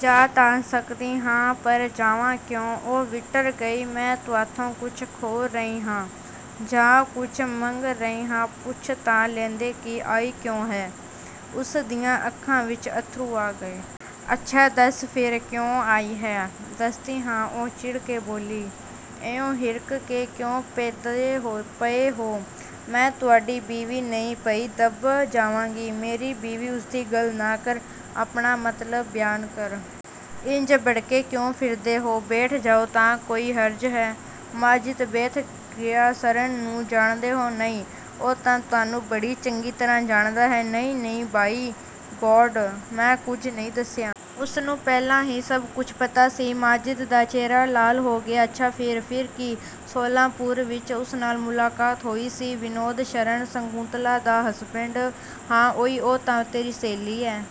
"ਜਾ ਤਾਂ ਸਕਦੀ ਹਾਂ, ਪਰ ਜਾਵਾਂ ਕਿਉਂ?" ਉਹ ਵਿਟਰ ਗਈ, "ਮੈਂ ਤੁਹਾਥੋਂ ਕੁਝ ਖੋਹ ਰਹੀ ਹਾਂ ਜਾਂ ਕੁਝ ਮੰਗ ਰਹੀ ਹਾਂ? ਪੁੱਛ ਤਾਂ ਲੈਂਦੇ ਕਿ ਆਈ ਕਿਉਂ ਹਾਂ?" ਉਸ ਦੀਆਂ ਅੱਖਾਂ ਵਿੱਚ ਅੱਥਰੂ ਆ ਗਏ। "ਅੱਛਾ ਦੱਸ ਫਿਰ, ਕਿਉਂ ਆਈ ਹੈਂ?" "ਦੱਸਦੀ ਹਾਂ," ਉਹ ਚਿੜ ਕੇ ਬੋਲੀ, "ਇਉਂ ਹਿਰਖ ਕੇ ਕਿਉਂ ਪੈਂਦੇ ਪਏ ਹੋ? ਮੈਂ ਤੁਹਾਡੀ ਬੀਵੀ ਨਹੀਂ, ਬਈ ਦਬ ਜਾਵਾਂਗੀ?" "ਮੇਰੀ ਬੀਵੀ, ਉਸਦੀ ਗੱਲ ਨਾ ਕਰ, ਆਪਣਾ ਮਤਲਬ ਬਿਆਨ ਕਰ।" "ਇੰਜ ਭੜਕੇ ਕਿਉਂ ਫਿਰਦੇ ਹੋ! ਬੈਠ ਜਾਓ, ਤਾਂ ਕੋਈ ਹਰਜ਼ ਹੈ?" ਮਾਜਿਦ ਬੈਠ ਗਿਆ। "ਸ਼ਰਨ ਨੂੰ ਜਾਣਦੇ ਹੋ?" "ਨਹੀਂ।" "ਉਹ ਤਾਂ ਤੁਹਾਨੂੰ ਬੜੀ ਚੰਗੀ ਤਰ੍ਹਾਂ ਜਾਣਦਾ ਹੈ, ਨਹੀਂ-ਨਹੀਂ, ਬਾਈ-ਗਾਡ ਮੈਂ ਕੁਝ ਨਹੀਂ ਦੱਸਿਆ। ਉਸਨੂੰ ਪਹਿਲਾਂ ਹੀ ਸਭ ਕੁਝ ਪਤਾ ਸੀ।" ਮਾਜਿਦ ਦਾ ਚਿਹਰਾ ਲਾਲ ਹੋ ਗਿਆ। "ਅੱਛਾ ਫਿਰ?" "ਫਿਰ ਕੀ? ਸ਼ੋਲਾਪੁਰ ਵਿੱਚ ਉਸ ਨਾਲ ਮੁਲਾਕਾਤ ਹੋਈ ਸੀ।" "ਵਿਨੋਦ ਸ਼ਰਨ, ਸ਼ਕੁੰਤਲਾ ਦਾ ਹਸਬੈਂਡ?" "ਹਾਂ-ਉਹੀ।" "ਉਹ ਤਾਂ ਤੇਰੀ ਸਹੇਲੀ ਹੈ?"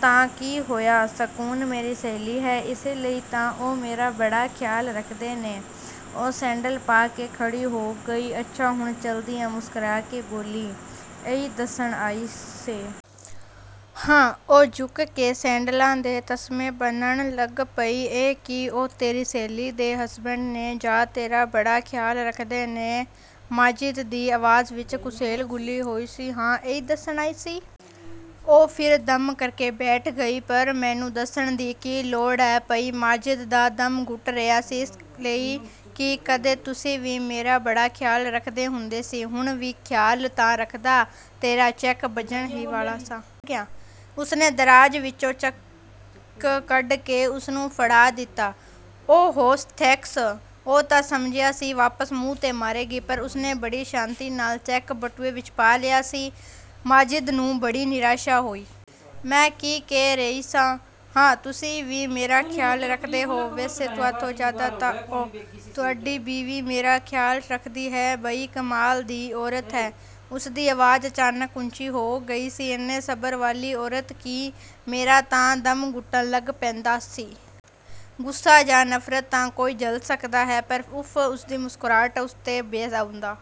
"ਤਾਂ ਕੀ ਹੋਇਆ? ਸ਼ਕੁਨ ਮੇਰੀ ਸਹੇਲੀ ਹੈ। ਇਸੇ ਲਈ ਤਾਂ ਉਹ ਮੇਰਾ ਬੜਾ ਖ਼ਿਆਲ ਰੱਖਦੇ ਨੇ," ਉਹ ਸੈਂਡਲ ਪਾ ਕੇ ਖੜੀ ਹੋ ਗਈ, "ਅੱਛਾ ਹੁਣ ਚਲਦੀ ਹਾਂ।" ਮੁਸਕਰਾ ਕੇ ਬੋਲੀ। "ਇਹੀ ਦੱਸਣ ਆਈ ਸੈਂ?" "ਹਾਂ।" ਉਹ ਝੁਕ ਕੇ ਸੈਂਡਲਾਂ ਦੇ ਤਸਮੇ ਬੰਨ੍ਹਣ ਲੱਗ ਪਈ। "ਇਹ ਕਿ ਉਹ ਤੇਰੀ ਸਹੇਲੀ ਦੇ ਹਸਬੈਂਡ ਨੇ? ਜਾਂ ਤੇਰਾ ਬੜਾ ਖ਼ਿਆਲ ਰੱਖਦੇ ਨੇ?" ਮਾਜਿਦ ਦੀ ਆਵਾਜ਼ ਵਿੱਚ ਕੁਸੈਲ ਘੁਲੀ ਹੋਈ ਸੀ। "ਹਾਂ, ਇਹੀ ਦੱਸਣ ਆਈ ਸੀ।" ਉਹ ਫਿਰ 'ਧੱਮ' ਕਰਕੇ ਬੈਠ ਗਈ। "ਪਰ ਮੈਨੂੰ ਦੱਸਣ ਦੀ ਕੀ ਲੋੜ ਆ ਪਈ?" ਮਾਜਿਦ ਦਾ ਦਮ ਘੁੱਟ ਰਿਹਾ ਸੀ। "ਇਸ ਲਈ ਕਿ ਕਦੇ ਤੁਸੀਂ ਵੀ ਮੇਰਾ ਬੜਾ ਖ਼ਿਆਲ ਰੱਖਦੇ ਹੁੰਦੇ ਸੀ।" "ਹੁਣ ਵੀ ਖ਼ਿਆਲ ਤਾਂ ਰੱਖਦਾ ਤੇਰਾ, ਚੈੱਕ ਭੇਜਣ ਹੀ ਵਾਲਾ ਸਾਂ।" ਉਸਨੇ ਦਰਾਜ਼ ਵਿੱਚੋਂ ਚੈੱਕ ਕੱਢ ਕੇ ਉਸਨੂੰ ਫੜਾ ਦਿੱਤਾ। "ਓ-ਹੋ, ਥੈਂਕਸ।" ਉਹ ਤਾਂ ਸਮਝਿਆ ਸੀ ਵਾਪਸ ਮੂੰਹ 'ਤੇ ਮਾਰੇਗੀ ਪਰ ਉਸਨੇ ਬੜੀ ਸ਼ਾਂਤੀ ਨਾਲ ਚੈੱਕ ਬਟੂਏ ਵਿੱਚ ਪਾ ਲਿਆ ਸੀ। ਮਾਜਿਦ ਨੂੰ ਬੜੀ ਨਿਰਾਸ਼ਾ ਹੋਈ। "ਮੈ ਕੀ ਕਹਿ ਰਹੀ ਸਾਂ, ਹਾਂ, ਤੁਸੀਂ ਵੀ ਮੇਰਾ ਖ਼ਿਆਲ ਰੱਖਦੇ ਹੋ। ਵੈਸੇ ਤੁਹਾਥੋਂ ਜ਼ਿਆਦਾ ਤਾਂ ਉਹ, ਤੁਹਾਡੀ ਬੀਵੀ ਮੇਰਾ ਖ਼ਿਆਲ ਰੱਖਦੀ ਹੈ। ਬਈ ਕਮਾਲ ਦੀ ਔਰਤ ਹੈ!" ਉਸਦੀ ਆਵਾਜ਼ ਅਚਾਨਕ ਉੱਚੀ ਹੋ ਗਈ ਸੀ, "ਇੰਨੇ ਸਬਰ ਵਾਲੀ ਔਰਤ ਕਿ ਮੇਰਾ ਤਾਂ ਦਮ ਘੁੱਟਣ ਲੱਗ ਪੈਂਦਾ ਸੀ। ਗੁੱਸਾ ਜਾਂ ਨਫ਼ਰਤ ਤਾਂ ਕੋਈ ਝੱਲ ਸਕਦਾ ਹੈ, ਪਰ ਉਫ਼! ਉਸਦੀ ਮੁਸਕਰਾਹਟ, ਉਸ ਤੋਂ ਭੈ ਆਉਂਦਾ"